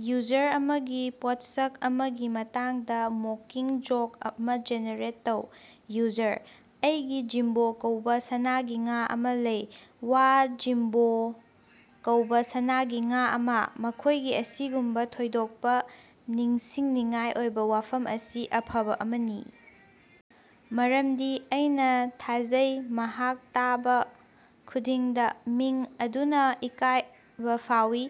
User ꯑꯃꯒꯤ ꯄꯣꯠꯁꯛ ꯑꯃꯒꯤ ꯃꯇꯥꯡꯗꯥ ꯃꯣꯀꯤꯡ ꯖꯣꯛ ꯑꯃꯥ ꯖꯦꯅꯦꯔꯦꯠ ꯇꯧ꯫ ꯌꯨꯖꯔ: ꯑꯩꯒꯤ ꯖꯤꯝꯕꯣ ꯀꯧꯕ ꯁꯅꯥꯒꯤ ꯉꯥ ꯑꯃꯥ ꯂꯩ꯫ ꯋꯥ, ꯖꯤꯝꯕꯣ ꯀꯧꯕꯥ ꯁꯅꯥꯒꯤ ꯉꯥ ꯑꯃꯥ? ꯃꯈꯣꯏꯒꯤ ꯑꯁꯤꯒꯨꯝꯕꯥ ꯊꯣꯏꯗꯣꯛꯄ ꯅꯤꯡꯁꯤꯡꯅꯤꯡꯉꯥꯏ ꯑꯣꯏꯕ ꯋꯥꯐꯝ ꯑꯁꯤ ꯑꯐꯕ ꯑꯃꯅꯤ ꯃꯔꯝꯗꯤ ꯑꯩꯅ ꯊꯥꯖꯩ ꯃꯍꯥꯛ ꯇꯥꯕ ꯈꯨꯗꯤꯡꯗꯥ ꯃꯤꯡ ꯑꯗꯨꯅ ꯏꯀꯥꯏꯕꯥ ꯐꯥꯎꯏ꯫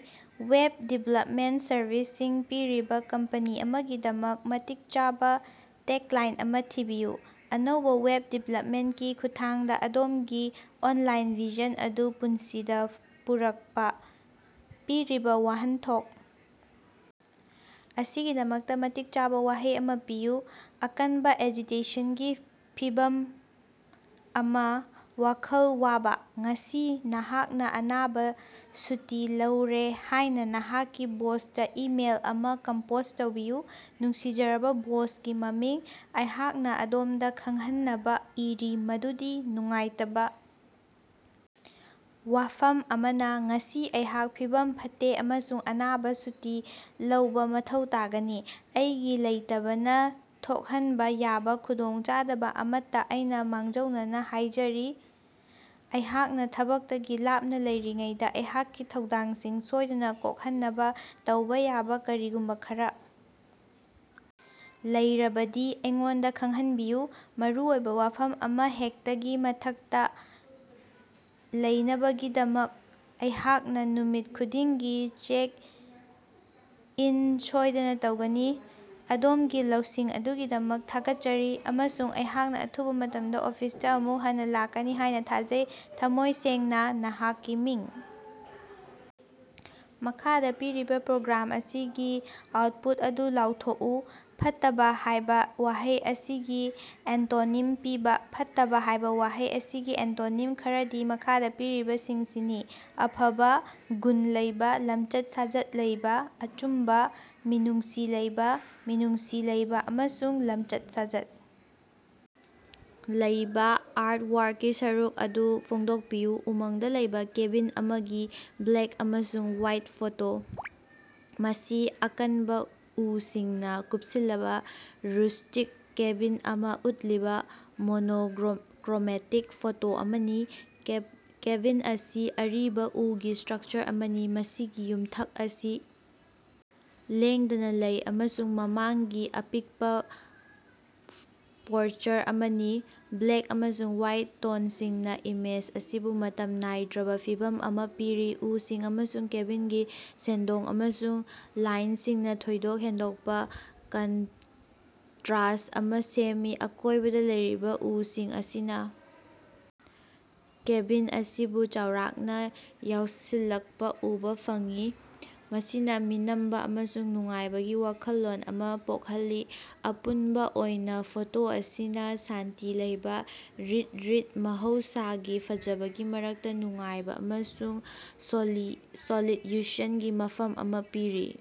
ꯋꯦꯕ ꯗꯤꯚꯦꯂꯞꯃꯦꯟꯇ ꯁꯔꯚꯤꯁꯁꯤꯡ ꯄꯤꯔꯤꯕ ꯀꯝꯄꯅꯤ ꯑꯃꯒꯤꯗꯃꯛ ꯃꯇꯤꯛ ꯆꯥꯕ ꯇꯦꯒꯂꯥꯏꯟ ꯑꯃ ꯊꯤꯕꯤꯌꯨ꯫ ꯑꯅꯧꯕꯥ ꯋꯦꯕ ꯗꯤꯕꯦꯂꯞꯃꯦꯟꯠꯀꯤ ꯈꯨꯠꯊꯥꯡꯗ ꯑꯗꯣꯝꯒꯤ ꯑꯣꯟꯂꯥꯏꯟ ꯚꯤꯖꯟ ꯑꯗꯨ ꯄꯨꯟꯁꯤꯗ ꯄꯨꯔꯛꯄ꯫ ꯄꯤꯔꯤꯕ ꯋꯥꯍꯟꯊꯣꯛ ꯑꯁꯤꯒꯤꯗꯃꯛꯇ ꯃꯇꯤꯛ ꯆꯥꯕ ꯋꯥꯍꯩ ꯑꯃ ꯄꯤꯌꯨ꯫ ꯑꯀꯟꯕ ꯑꯦꯖꯤꯇꯦꯁꯟꯒꯤ ꯐꯤꯚꯝ ꯑꯃ꯫ ꯋꯥꯈꯜ ꯋꯥꯕ꯫ ꯉꯁꯤ ꯅꯍꯥꯛꯅ ꯑꯅꯥꯕ ꯁꯨꯇꯤ ꯂꯧꯔꯦ ꯍꯥꯏꯅ ꯅꯍꯥꯛꯀꯤ ꯕꯣꯁꯇ ꯏꯃꯦꯏꯜ ꯑꯃꯥ ꯀꯝꯄꯣꯖ ꯇꯧꯕꯤꯌꯨ꯫ ꯅꯨꯡꯁꯤꯖꯔꯕ ꯕꯣꯁꯀꯤ ꯃꯃꯤꯡ, ꯑꯩꯍꯥꯛꯅ ꯑꯗꯣꯝꯗ ꯈꯪꯍꯟꯅꯕ ꯏꯔꯤ ꯃꯗꯨꯗꯤ ꯅꯨꯡꯉꯥꯏꯇꯕ ꯋꯥꯐꯝ ꯑꯃꯅ ꯉꯁꯤ ꯑꯩꯍꯥꯛ ꯐꯤꯚꯝ ꯐꯠꯇꯦ ꯑꯃꯁꯨꯡ ꯑꯅꯥꯕ ꯁꯨꯇꯤ ꯂꯧꯕ ꯃꯊꯧ ꯇꯥꯒꯅꯤ꯫ ꯑꯩꯒꯤ ꯂꯩꯇꯕꯅ ꯊꯣꯛꯍꯟꯕ ꯌꯥꯕ ꯈꯨꯗꯣꯡꯆꯥꯗꯕ ꯑꯃꯠꯇ ꯑꯩꯅ ꯃꯥꯡꯖꯧꯅꯅ ꯍꯥꯏꯖꯔꯤ꯫ ꯑꯩꯍꯥꯛꯅ ꯊꯕꯛꯇꯒꯤ ꯂꯥꯞꯅ ꯂꯩꯔꯤꯉꯩꯗ ꯑꯩꯍꯥꯛꯀꯤ ꯊꯧꯗꯥꯡꯁꯤꯡ ꯁꯣꯏꯗꯅ ꯀꯣꯛꯍꯟꯅꯕ ꯇꯧꯕ ꯌꯥꯕ ꯀꯔꯤꯒꯨꯝꯕ ꯈꯔꯥ ꯂꯩꯔꯕꯗꯤ ꯑꯩꯉꯣꯟꯗꯥ ꯈꯪꯍꯟꯕꯤꯌꯨ꯫ ꯃꯔꯨꯑꯣꯏꯕ ꯋꯥꯐꯝ ꯑꯃꯍꯦꯛꯇꯒꯤ ꯃꯊꯛꯇ ꯂꯩꯅꯕꯒꯤꯗꯃꯛ ꯑꯩꯍꯥꯛꯅ ꯅꯨꯃꯤꯠ ꯈꯨꯗꯤꯡꯒꯤ ꯆꯦꯛ ꯏꯟ ꯁꯣꯏꯗꯅ ꯇꯧꯒꯅꯤ꯫ ꯑꯗꯣꯝꯒꯤ ꯂꯧꯁꯤꯡ ꯑꯗꯨꯒꯤꯗꯃꯛ ꯊꯥꯒꯠꯆꯔꯤ, ꯑꯃꯁꯨꯡ ꯑꯩꯍꯥꯛꯅ ꯑꯊꯨꯕ ꯃꯇꯝꯗ ꯑꯣꯐꯤꯁꯇ ꯑꯃꯨꯛ ꯍꯟꯅ ꯂꯥꯛꯀꯅꯤ ꯍꯥꯏꯅ ꯊꯥꯖꯩ꯫ ꯊꯃꯣꯏ ꯁꯦꯡꯅꯥ, ꯅꯍꯥꯛꯀꯤ ꯃꯤꯡ꯫ ꯃꯈꯥꯗ ꯄꯤꯔꯤꯕ ꯄ꯭ꯔꯣꯒ꯭ꯔꯥꯝ ꯑꯁꯤꯒꯤ ꯑꯥꯎꯠꯄꯨꯠ ꯑꯗꯨ ꯂꯥꯎꯊꯣꯛꯎ꯫ ꯐꯠꯇꯕꯥ ꯍꯥꯏꯕ ꯋꯥꯍꯩ ꯑꯁꯤꯒꯤ ꯑꯦꯟꯇꯣꯅꯤꯝ ꯄꯤꯕ꯫ ꯐꯠꯇꯕꯥ ꯍꯥꯏꯕ ꯋꯥꯍꯩ ꯑꯁꯤꯒꯤ ꯑꯦꯟꯇꯣꯅꯤꯝ ꯈꯔꯗꯤ ꯃꯈꯥꯗ ꯄꯤꯔꯤꯕꯁꯤꯡꯁꯤꯅꯤ: ꯑꯐꯕ, ꯒꯨꯟ ꯂꯩꯕ, ꯂꯝꯆꯠ-ꯁꯥꯖꯠ ꯂꯩꯕ, ꯑꯆꯨꯝꯕ, ꯃꯤꯅꯨꯡꯁꯤ ꯂꯩꯕ, ꯃꯤꯅꯨꯡꯁꯤ ꯂꯩꯕ ꯑꯃꯁꯨꯡ ꯂꯝꯆꯠ-ꯁꯥꯖꯠ ꯂꯩꯕ꯫ ꯑꯥꯔꯇꯋꯥꯔꯛꯀꯤ ꯁꯔꯨꯛ ꯑꯗꯨ ꯐꯣꯡꯗꯣꯛꯄꯤꯌꯨ꯫ ꯎꯃꯪꯗ ꯂꯩꯕ ꯀꯦꯕꯤꯟ ꯑꯃꯒꯤ ꯕ꯭ꯂꯦꯛ ꯑꯃꯁꯨꯡ ꯋ‌ꯥꯏꯠ ꯐꯣꯇꯣ꯫ ꯃꯁꯤ ꯑꯀꯟꯕ ꯎꯁꯤꯡꯅ ꯀꯨꯞꯁꯤꯜꯂꯕ ꯔꯨꯁ꯭ꯇꯤꯛ ꯀꯦꯕꯤꯟ ꯑꯃ ꯎꯠꯂꯤꯕ ꯃꯣꯅꯣꯀꯔꯣꯃꯦꯇꯤꯛ ꯐꯣꯇꯣ ꯑꯃꯅꯤ꯫ ꯀꯦꯕꯤꯟ ꯑꯁꯤ ꯑꯔꯤꯕ ꯎꯒꯤ ꯁ꯭ꯇꯔꯛꯆꯔ ꯑꯃꯅꯤ, ꯃꯁꯤꯒꯤ ꯌꯨꯝꯊꯛ ꯑꯁꯤ ꯂꯦꯡꯗꯅ ꯂꯩ ꯑꯃꯁꯨꯡ ꯃꯃꯥꯡꯒꯤ ꯑꯄꯤꯛꯄ ꯄꯣꯔꯆꯔ ꯑꯃꯅꯤ꯫ ꯕ꯭ꯂꯦꯛ ꯑꯃꯁꯨꯡ ꯋꯥꯏꯠ ꯇꯣꯟꯁꯤꯡꯅ ꯏꯃꯦꯖ ꯑꯁꯤꯕꯨ ꯃꯇꯝ ꯅꯥꯏꯗ꯭ꯔꯕ ꯐꯤꯚꯝ ꯑꯃꯥ ꯄꯤꯔꯤ, ꯎꯁꯤꯡ ꯑꯃꯁꯨꯡ ꯀꯦꯕꯤꯟꯒꯤ ꯁꯦꯟꯗꯣꯡ ꯑꯃꯁꯨꯡ ꯂꯥꯏꯟꯁꯤꯡꯅ ꯊꯣꯏꯗꯣꯛ ꯍꯦꯟꯗꯣꯛꯄ ꯀꯟꯇꯔꯁ꯭ꯠ ꯑꯃꯥ ꯁꯦꯝꯃꯤ꯫ ꯑꯀꯣꯏꯕꯗ ꯂꯩꯔꯤꯕ ꯎꯁꯤꯡ ꯑꯁꯤꯅ ꯀꯦꯕꯤꯟ ꯑꯁꯤꯕꯨ ꯆꯥꯎꯔꯥꯛꯅ ꯌꯥꯎꯁꯤꯜꯂꯛꯄ ꯎꯕ ꯐꯪꯏ, ꯃꯁꯤꯅ ꯃꯤꯅꯝꯕ ꯑꯃꯁꯨꯡ ꯅꯨꯡꯉꯥꯏꯕꯒꯤ ꯋꯥꯈꯜꯂꯣꯟ ꯑꯃꯥ ꯄꯣꯛꯍꯜꯂꯤ꯫ ꯑꯄꯨꯟꯕ ꯑꯣꯏꯅ ꯐꯣꯇꯣ ꯑꯁꯤꯅ ꯁꯥꯟꯇꯤ ꯂꯩꯕ ꯔꯤꯠꯔꯤꯠ, ꯃꯍꯧꯁꯥꯒꯤ ꯐꯖꯕꯒꯤ ꯃꯔꯛꯇ ꯅꯨꯡꯉꯥꯏꯕ ꯑꯃꯁꯨꯡ ꯁꯣꯂꯤꯠꯌꯨꯁꯟꯒꯤ ꯃꯐꯝ ꯑꯃꯥ ꯄꯤꯔꯤ꯫